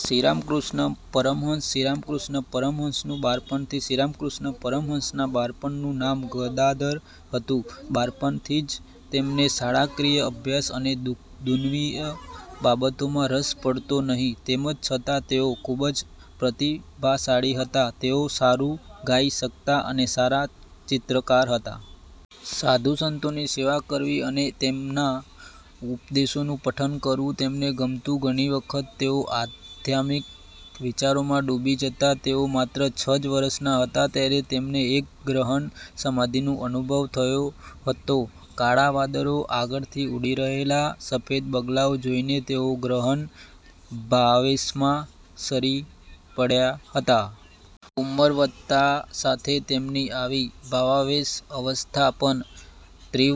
શ્રીરામકૃષ્ણ પરમહંસ શ્રીરામકૃષ્ણ પરમહંસનું બાળપણ શ્રીરામકૃષ્ણ પરમહંસના બાળપણનું નામ ગદાધર હતું. બાળપણથી જ તેમને શાળાકીય અભ્યાસ અને દુન્યવી બાબતોમાં રસ પડતો નહિ. તેમ છતાં તેઓ ખુબ જ પ્રતિભાશાળી હતા. તેઓ સારું ગાઈ શકતા અને સારા ચિત્રકાર હતા. સાધુ સંતોની સેવા કરવી અને એમના ઉપદેશોનું પઠન કરવું તેમને ગમતું. ઘણી વખત તેઓ આધ્યાત્મિક વિચારોમાં ડૂબી જતા. તેઓ માત્ર છ જ વર્ષના હતા ત્યારે તેમને એક ગહન સમાધિનો અનુભવ થયો હતો. કાળા વાદળો આગળથી ઊડી રહેલા સફેદ બગલાઓ જોઈને તેઓ ગહન ભાવાવેશમાં સરી પડયા હતા. ઉંમર વધતા સાથે તેમની આવી ભાવાવેશ અવસ્થા પણ તીવ્ર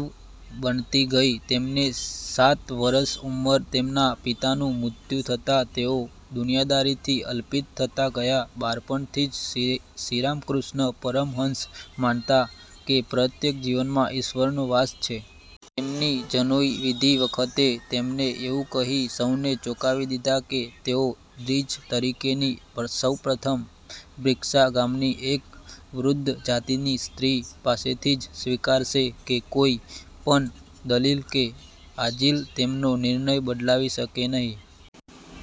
બનતી ગઈ. તેમની સાત વર્ષની ઉંમરે તેમના પિતાનું મૃત્યુ થતાં તેઓ દુનિયાદારીથી અલિપ્ત થતા ગયા. બાળપણથી જ શ્રીરામકૃષ્ણ પરમહંસ માનતા કે પ્રત્યેક જીવમાં ઈશ્વરનો વાસ છે. તેમની જનોઈ વિધિ વખતે તેમણે એવું કહી સૌને ચોંકાવી દીધા કે તેઓ દ્વિજ તરીકેની સૌપ્રથમ ભિક્ષા ગામની એક શૂદ્ર જાતિની સ્ત્રી પાસેથી જ સ્વીકારશે. કોઈ પણ દલીલ કે આજીજી તેમનો નિર્ણય બદલાવી શકી નહિ.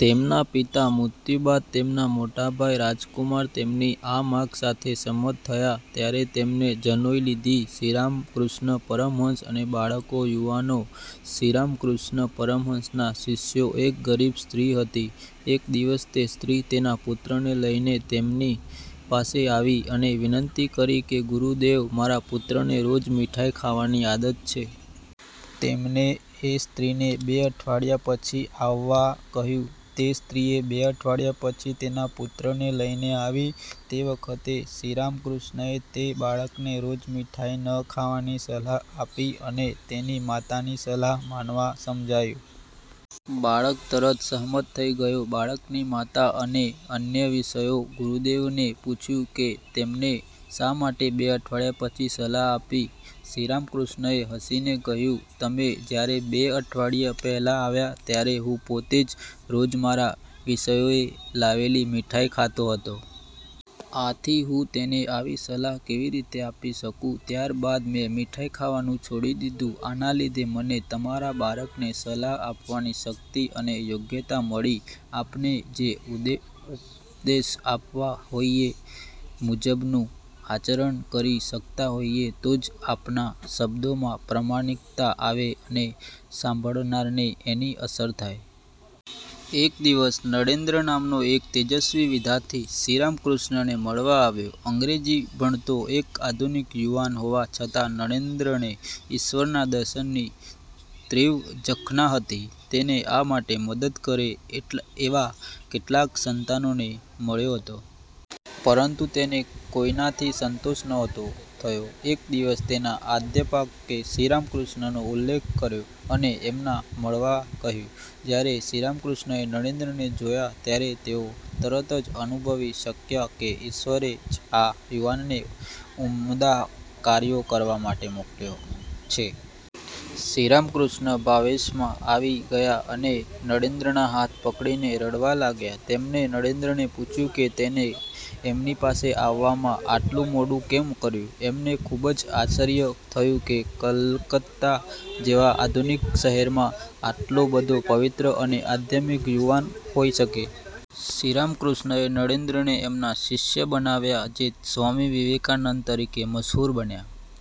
તેમના પિતાના મૃત્યુ બાદ તેમના મોટાભાઈ રામકુમાર તેમની આ માંગ સાથે સંમત થયા ત્યારે તેમણે જનોઈ લીધી. શ્રીરામકૃષ્ણ પરમહંસ અને બાળકો / યુવાનો શ્રીરામકૃષ્ણ પરમહંસના શિષ્યોમાં એક ગરીબ સ્ત્રી હતી. એક દિવસ તે સ્ત્રી તેના પુત્રને લઇને તેમની પાસે આવી અને વિનંતી કરી કે, "ગુરુદેવ, મારા પુત્રને રોજ મીઠાઈ ખાવાની આદત છે. તેમણે એ સ્ત્રીને બે અઠવાડિયા પછી આવવા કહ્યું. તે સ્ત્રી બે અઠવાડિયા પછી તેના પુત્રને લઇને આવી. તે વખતે શ્રીરામકૃષ્ણએ તે બાળકને રોજ મીઠાઈ ન ખાવાની સલાહ આપી અને તેની માતાની સલાહ માનવા સમજાવ્યો. બાળક તરત સંમત થઇ ગયો. બાળકની માતા અને અન્ય શિષ્યોએ ગુરુદેવને પૂછ્યું કે તેમણે શા માટે બે અઠવાડિયા પછી સલાહ આપી? શ્રીરામકૃષ્ણએ હસીને કહ્યું, "તમે જયારે બે અઠવાડિયા પહેલાં આવ્યા ત્યારે હું પોતે જ રોજ મારા શિષ્યોએ લાવેલી મીઠાઈ ખાતો હતો. આથી હું તેને આવી સલાહ કેવી રીતે આપી શકું? ત્યાર બાદ મેં મીઠાઈ ખાવાનું છોડી દીધું. આના લીધે મને તમારા બાળકને સલાહ આપવાની શક્તિ અને યોગ્યતા મળી. આપણે જે ઉપદેશ આપતા હોઈએ તે મુજબનું આચરણ કરી શકતા હોઈએ તો જ આપણા શબ્દોમાં પ્રામાણિકતા આવે અને સાંભળનારને એની અસર થાય". એક દિવસ નરેન્દ્ર નામનો એક તેજસ્વી વિદ્યાર્થી શ્રીરામકૃષ્ણને મળવા આવ્યો. અંગ્રેજી ભણતો એક આધુનિક યુવાન હોવા છતાં નરેન્દ્રને ઈશ્વરદર્શનની તીવ્ર ઝંખના હતી. તેને આ માટે મદદ કરે એવા કેટલાય સંતોને તે મળ્યો હતો. પરંતુ તેને કોઈનાથી સંતોષ નહોતો થયો. એક દિવસ તેના અધ્યાપકે શ્રીરામકૃષ્ણનો ઉલ્લેખ કર્યો અને એમને મળવા કહ્યું. જયારે શ્રીરામકૃષ્ણએ નરેન્દ્રને જોયા ત્યારે તેઓ તરત જ અનુભવી શક્યા કે ઈશ્વરે જ આ યુવાનને ઉમદા કાર્યો કરવા માટે મોકલ્યો છે. શ્રીરામકૃષ્ણ ભાવાવેશમાં આવી ગયા અને નરેન્દ્રના હાથ પકડીને રડવા લાગ્યા. એમણે નરેન્દ્રને પૂછ્યું કે તેણે એમની પાસે આવવામાં આટલું મોડું કેમ કર્યું? એમને ખુબ જ આશ્ચર્ય થયું કે કલકત્તા જેવા આધુનિક શહેરમાં આટલો બધો પવિત્ર અને આધ્યાત્મિક યુવાન હોઈ શકે? શ્રીરામકૃષ્ણએ નરેન્દ્રને એમના શિષ્ય બનાવ્યા જે સ્વામી વિવેકાનંદ તરીકે મશહૂર બન્યા!